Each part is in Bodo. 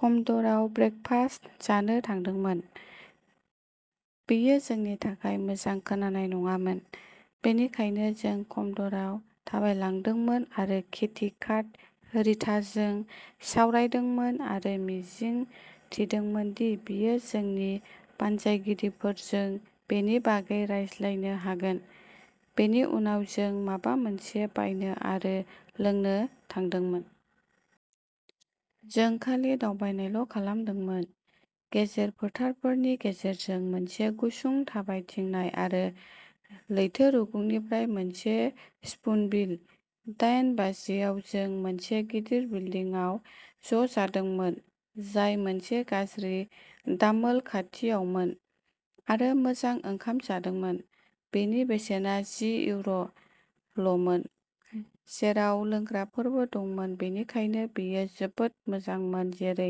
कम'ड'र'आव ब्रेकफास्ट जानो थांनांगौमोन। बेयो जोंनि थाखाय मोजां खोनानाय नङामोन, बेनिखायनो जों कम'ड'र'आव थाबायलांदोंमोन आरो केथी काट रिताजों सावरायदोंमोन आरो मिजिं थिदोंमोन दि बियो जोंनि बानजायगिरिफोरजों बेनि बागै रायज्लायनो हागोन। बेनि उनाव जों माबा मोनसे बायनो आरो लोंनो थांदोंमोन। जों खालि दावबायनायल' खालामदोंमोन, गेजेर फोथारफोरनि गेजेरजों मोनसे गुसुं थाबायथिंनाय आरो लैथो रुगुंनिफ्राय मोनसे स्पुनबिल। दायेन बाजियाव जों मोनसे गिदिर बिल्डिंआव ज'जादोंमोन, जाय मोनसे गाज्रि दामोल खाथियावमोन आरो मोजां ओंखाम जादोंमोन। बेनि बेसेना जि इउर' ल'मोन, जेराव लोंग्राफोरबो दंमोन बेनिखायनो बेयो जोबोद मोजांमोन जेरै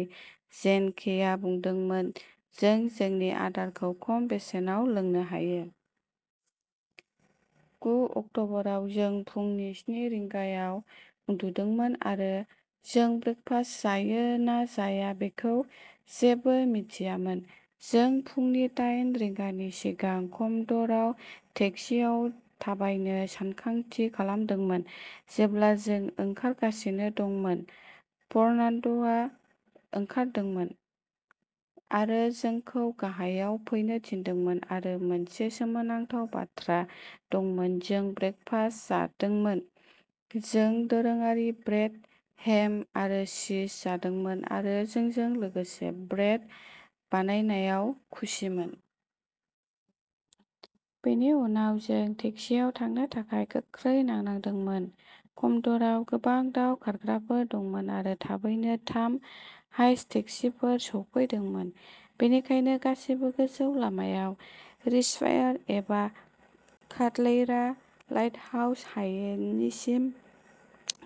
जेन केआ बुंदोंमोन जों जोंनि आदारखौ खम बेसेनाव लोंनो हायो। गु अक्ट'बराव जों फुंनि स्नि रिंगायाव उन्दुदोंमोन आरो जों ब्रेकफास्ट जायो ना जाया बेखौ जेबो मिन्थियामोन, जों फुंनि दायेन रिंगानि सिगां कम'ड'र'आव टेक्सिआव थाबायनो सानथांखि खालामदोंमोन। जेब्ला जों ओंखारगासिनो दंमोन, फर्नान्ड'आ ओंखारदोंमोन। आरो जोंखौ गाहायाव फैनो थिनदोंमोन आरो मोनसे सोमोनांथाव बाथ्रा दंमोन जों ब्रेकफास्ट जादोंमोन जों दोरोङारि ब्रेड, हेम आरो चीज जादोंमोन आरो जोंजों लोगोसे ब्रेड बानायनायाव खुसिमोन। बेनि उनाव जों टेक्सिआव थांनो थाखाय गोख्रै नांनांदोंमोन। कम'डर'आव गोबां दाव खारग्राफोर दंमोन आरो थाबैनो थाम हाइस टेक्सिफोर सौफैदोंमोन। बेनिखायनो गासैबो गोजौ लामायाव रिसर्वायर एबा काल्डेइरा, लाइटहाउस हायेनिसिम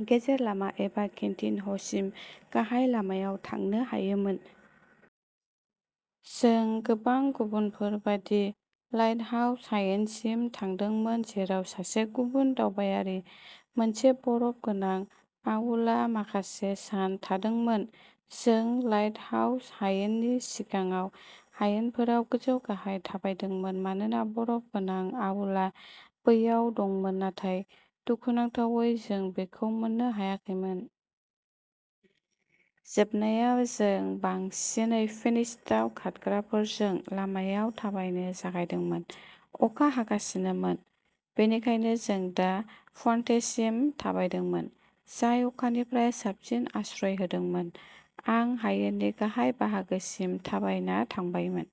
गेजेर लामा एबा केन्टिनह'सिम गाहाय लामायाव थांनो हायोमोन। जों, गोबां गुबुनफोर बायदि, लाइटहाउस हायेनसिम थांदोंमोन जेराव सासे गुबुन दावबायारि, मोनसे बरफ गोनां आउलआ माखासे सान थादोंमोन। जों लाइटहाउस हायेननि सिगाङाव हायेनफोराव गोजौ-गाहाय थाबायदोंमोन मानोना बरफ गोनां आउलआ बैयाव दंमोन नाथाय दुखुनांथावै जों बेखौ मोननो हायाखैमोन। जोबनायाव जों बांसिनै फिनिश दाव खारग्राफोरजों लामायाव थाबायनो जागायदोंमोन। अखा हागासिनोमोन, बेनिखायनो जों दा पन्टेसिम थाबायदोंमोन। जाय अखानिफ्राय साबसिन आश्रय होदोंमोन। आं हायेननि गाहाय बाहागोसिम थाबायना थांबायमोन,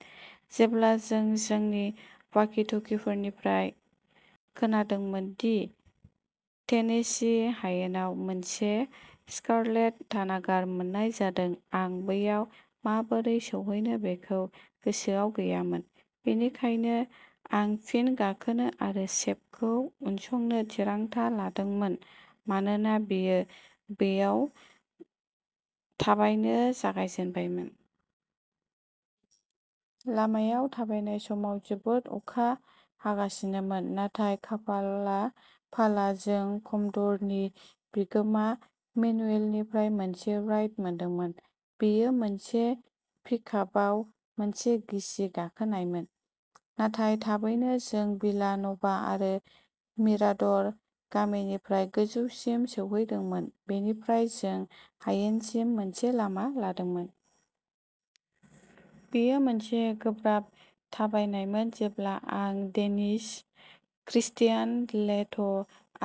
जेब्ला जों जोंनि वाकि-टकिफोरनिफ्राय खोनादोंमोन दि टेनेसि हायेनाव मोनसे स्कारलेट तानागर मोननाय जादों आं बैयाव माबोरै सौहैनो बेखौ गोसोआव गैयामोन, बेनिखायनो आं फिन गाखोनो आरो सेप्प'खौ उनसंनो थिरांथा लादोंमोन मानोना बियो बैयाव थाबायनो जागायजेनबायमोन। लामायाव थाबायनाय समाव जोबोद अखा हागासिनोमोन, नाथाय खाफालाफाला जों कम'डर'नि बिगोमा मेनुएलनिफ्राय मोनसे राइड मोनदोंमोन। बेयो मोनसे पिकआपआव मोनसे गिसि गाखोनायमोन, नाथाय थाबैनो जों भिला नभा आरो मिराड'र' गामिनिफ्राय गोजौसिम सौहैदोंमोन। बेनिफ्राय जों हायेनसिम मोनसे लामा लादोंमोन। बेयो मोनसे गोब्राब थाबायनायमोन जेब्ला आं डेनिश क्रिस्टियान लेथ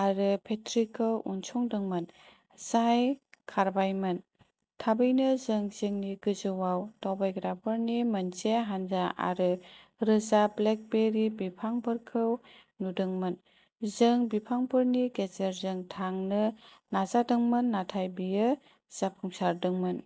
आरो पेट्रिखौ उनसंदोंमोन, जाय खारबायमोन। थाबैनो जों जोंनि गोजौआव दावबोग्राफोरनि मोनसे हानजा आरो रोजा ब्लेकबेरी बिफांफोरखौ नुदोंमोन। जों बिफांफोरनि गेजेरजों थांनो नाजादोंमोन नाथाय बेयो जाफुंसारदोंमोन।